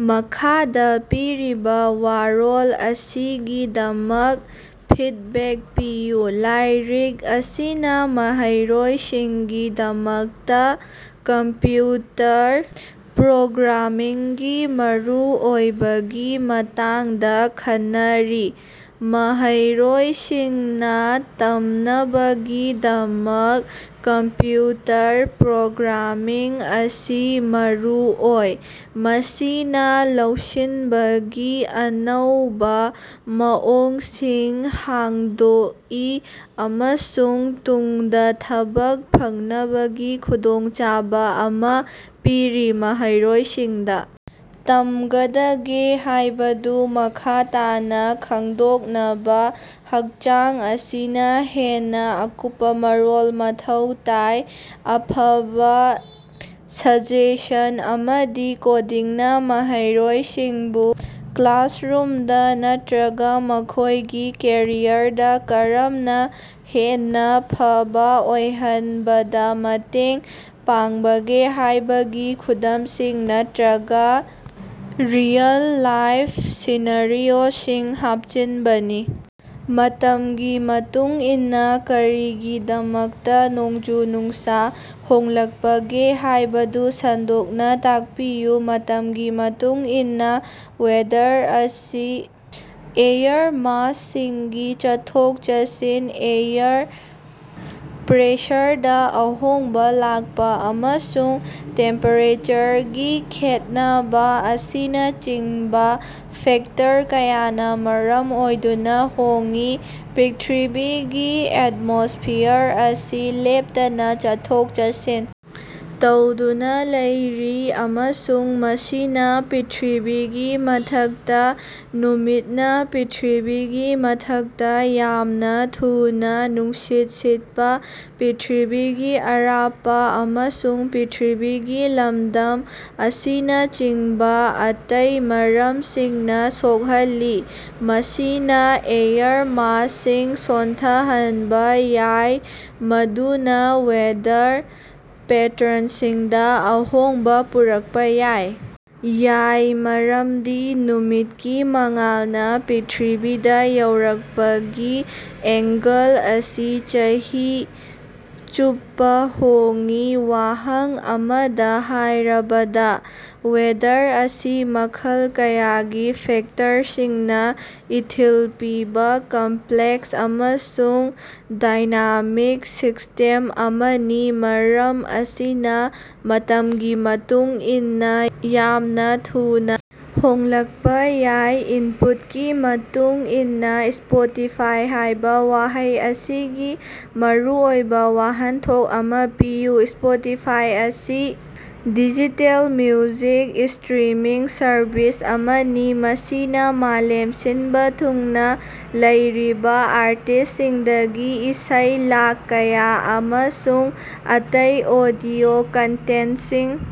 ꯃꯈꯥꯗꯥ ꯄꯤꯔꯤꯕ ꯋꯥꯔꯣꯜ ꯑꯁꯤꯒꯤꯗꯃꯛ ꯐꯤꯗꯕꯦꯛ ꯄꯤꯌꯨ꯫ ꯂꯥꯏꯔꯤꯛ ꯑꯁꯤꯅ ꯃꯍꯩꯔꯣꯏꯁꯤꯡꯒꯤꯗꯃꯛꯇ ꯀꯝꯄ꯭ꯌꯨꯇꯔ ꯄ꯭ꯔꯣꯒ꯭ꯔꯥꯃꯤꯡꯒꯤ ꯃꯔꯨꯑꯣꯏꯕꯒꯤ ꯃꯇꯥꯡꯗ ꯈꯟꯅꯔꯤ꯫ ꯃꯍꯩꯔꯣꯏꯁꯤꯡꯅ ꯇꯝꯅꯕꯒꯤꯗꯃꯛ ꯀꯝꯄ꯭ꯌꯨꯇꯔ ꯄ꯭ꯔꯣꯒ꯭ꯔꯥꯃꯤꯡ ꯑꯁꯤ ꯃꯔꯨꯑꯣꯏ꯫ ꯃꯁꯤꯅ ꯂꯧꯁꯤꯟꯕꯒꯤ ꯑꯅꯧꯕ ꯃꯑꯣꯡꯁꯤꯡ ꯍꯥꯡꯗꯣꯛꯏ ꯑꯃꯁꯨꯡ ꯇꯨꯡꯗ ꯊꯕꯛ ꯐꯪꯅꯕꯒꯤ ꯈꯨꯗꯣꯡꯆꯥꯕ ꯑꯃ ꯄꯤꯔꯤ꯫ ꯃꯍꯩꯔꯣꯏꯁꯤꯡꯗ ꯇꯝꯒꯗꯒꯦ ꯍꯥꯏꯕꯗꯨ ꯃꯈꯥ ꯇꯥꯅ ꯈꯡꯗꯣꯛꯅꯕ ꯍꯛꯆꯥꯡ ꯑꯁꯤꯅ ꯍꯦꯟꯅ ꯑꯀꯨꯞꯄ ꯃꯔꯣꯜ ꯃꯊꯧ ꯇꯥꯏ꯫ ꯑꯐꯕ ꯁꯖꯦꯁꯟ ꯑꯃꯗꯤ ꯀꯣꯗꯤꯡꯅ ꯃꯍꯩꯔꯣꯏꯁꯤꯡꯕꯨ ꯀ꯭ꯂꯥꯁꯔꯨꯝꯗ ꯅꯠꯇꯔꯒ ꯃꯈꯣꯏꯒꯤ ꯀꯦꯔꯤꯌꯔꯗ ꯀꯔꯝꯅ ꯍꯦꯟꯅ ꯐꯕꯥ ꯑꯣꯏꯍꯟꯕꯗ ꯃꯇꯦꯡ ꯄꯥꯡꯕꯒꯦ ꯍꯥꯏꯕꯒꯤ ꯈꯨꯗꯝꯁꯤꯡ ꯅꯠꯇꯔꯒ ꯔꯤꯑꯦꯜ-ꯂꯥꯏꯐ ꯁꯤꯅꯥꯔꯤꯑꯣꯁꯤꯡ ꯍꯥꯞꯆꯤꯟꯕꯅꯤ꯫ ꯃꯇꯝꯒꯤ ꯃꯇꯨꯡꯏꯟꯅ ꯀꯔꯤꯒꯤꯗꯃꯛꯇ ꯅꯣꯡꯖꯨ-ꯅꯨꯡꯁꯥ ꯍꯣꯡꯂꯛꯄꯒꯦ ꯍꯥꯏꯕꯗꯨ ꯁꯟꯗꯣꯛꯅ ꯇꯥꯛꯄꯤꯌꯨ꯫ ꯃꯇꯝꯒꯤ ꯃꯇꯨꯡꯏꯟꯅ ꯋꯦꯗꯔ ꯑꯁꯤ ꯑꯦꯌꯔ ꯃꯥꯁꯁꯤꯡꯒꯤ ꯆꯠꯊꯣꯛ-ꯆꯠꯁꯤꯟ, ꯑꯦꯌꯔ ꯄ꯭ꯔꯦꯁꯔꯗ ꯑꯍꯣꯡꯕ ꯂꯥꯛꯄ, ꯑꯃꯁꯨꯡ ꯇꯦꯝꯄꯦꯔꯦꯆꯔꯒꯤ ꯈꯦꯠꯅꯕ ꯑꯁꯤꯅꯆꯤꯡꯕ ꯐꯦꯛꯇꯔ ꯀꯌꯥꯅ ꯃꯔꯝ ꯑꯣꯏꯗꯨꯅ ꯍꯣꯡꯏ꯫ ꯄ꯭ꯔꯤꯊꯤꯕꯤꯒꯤ ꯑꯦꯠꯃꯣꯁꯐꯤꯌꯔ ꯑꯁꯤ ꯂꯦꯞꯇꯅ ꯆꯠꯊꯣꯛ-ꯆꯠꯁꯤꯟ ꯇꯧꯗꯨꯅ ꯂꯩꯔꯤ ꯑꯃꯁꯨꯡ ꯃꯁꯤꯅ ꯄ꯭ꯔꯤꯊꯤꯕꯤꯒꯤ ꯃꯊꯛꯇ ꯅꯨꯃꯤꯠꯅ ꯄ꯭ꯔꯤꯊꯤꯕꯤꯒꯤ ꯃꯊꯛꯇ ꯌꯥꯝꯅ ꯊꯨꯅꯥ ꯅꯨꯡꯁꯤꯠ ꯁꯤꯠꯄ, ꯄ꯭ꯔꯤꯊꯤꯕꯤꯒꯤ ꯑꯔꯥꯞꯄ ꯑꯃꯁꯨꯡ ꯄ꯭ꯔꯤꯊꯤꯕꯤꯒꯤ ꯂꯝꯗꯝ ꯑꯁꯤꯅꯆꯤꯡꯕ ꯑꯇꯩ ꯃꯔꯝꯁꯤꯡꯅ ꯁꯣꯛꯍꯜꯂꯤ꯫ ꯃꯁꯤꯅ ꯑꯦꯌꯔ ꯃꯥꯁꯁꯤꯡ ꯁꯣꯟꯊꯍꯟꯕ ꯌꯥꯏ, ꯃꯗꯨꯅ ꯋꯦꯗꯔ ꯄꯦꯇ꯭ꯔꯟꯁꯤꯡꯗ ꯑꯍꯣꯡꯕ ꯄꯨꯔꯛꯄ ꯌꯥꯏ꯫ ꯌꯥꯏ, ꯃꯔꯝꯗꯤ ꯅꯨꯃꯤꯠꯀꯤ ꯃꯉꯥꯜꯅ ꯄ꯭ꯔꯤꯊꯤꯕꯤꯗ ꯌꯧꯔꯛꯄꯒꯤ ꯑꯦꯡꯒꯜ ꯑꯁꯤ ꯆꯍꯤ ꯆꯨꯞꯄꯥ ꯍꯣꯡꯏ꯫ ꯋꯥꯍꯪ ꯑꯃꯗ ꯍꯥꯏꯔꯕꯗ, ꯋꯦꯗꯔ ꯑꯁꯤ ꯃꯈꯜ ꯀꯌꯥꯒꯤ ꯐꯦꯛꯇꯔꯁꯤꯡꯅ ꯏꯊꯤꯜ ꯄꯤꯕ ꯀꯝꯄ꯭ꯂꯦꯛꯁ ꯑꯃꯁꯨꯡ ꯗꯥꯏꯅꯥꯃꯤꯛ ꯁꯤꯁ꯭ꯇꯦꯝ ꯑꯃꯅꯤ, ꯃꯔꯝ ꯑꯁꯤꯅ ꯃꯇꯝꯒꯤ ꯃꯇꯨꯡ ꯏꯟꯅ ꯌꯥꯝꯅ ꯊꯨꯅ ꯍꯣꯡꯂꯛꯄ ꯌꯥꯏ꯫ ꯏꯟꯄꯨꯠꯀꯤ ꯃꯇꯨꯡ ꯏꯟꯅ, ꯁ꯭ꯄꯣꯇꯤꯐꯥꯏ‌ ꯍꯥꯏꯕ ꯋꯥꯍꯩ ꯑꯁꯤꯒꯤ ꯃꯔꯨꯑꯣꯏꯕ ꯋꯥꯍꯟꯊꯣꯛ ꯑꯃ ꯄꯤꯌꯨ꯫ ꯁ꯭ꯄꯣꯇꯤꯐꯥꯏ ꯑꯁꯤ ꯗꯤꯖꯤꯇꯦꯜ ꯃ꯭ꯌꯨꯖꯤꯛ ꯁ꯭ꯇꯔꯤꯃꯤꯡ ꯁꯔꯚꯤꯁ ꯑꯃꯅꯤ, ꯃꯁꯤꯅ ꯃꯥꯂꯦꯝ ꯁꯤꯟꯕ ꯊꯨꯡꯅ ꯂꯩꯔꯤꯕ ꯑꯥꯔꯇꯤꯁ꯭ꯇꯁꯤꯡꯗꯒꯤ ꯏꯁꯩ ꯂꯥꯈ ꯀꯌꯥ ꯑꯃꯁꯨꯡ ꯑꯇꯩ ꯑꯣꯗꯤꯑꯣ ꯀꯟꯇꯦꯟꯇꯁꯤꯡ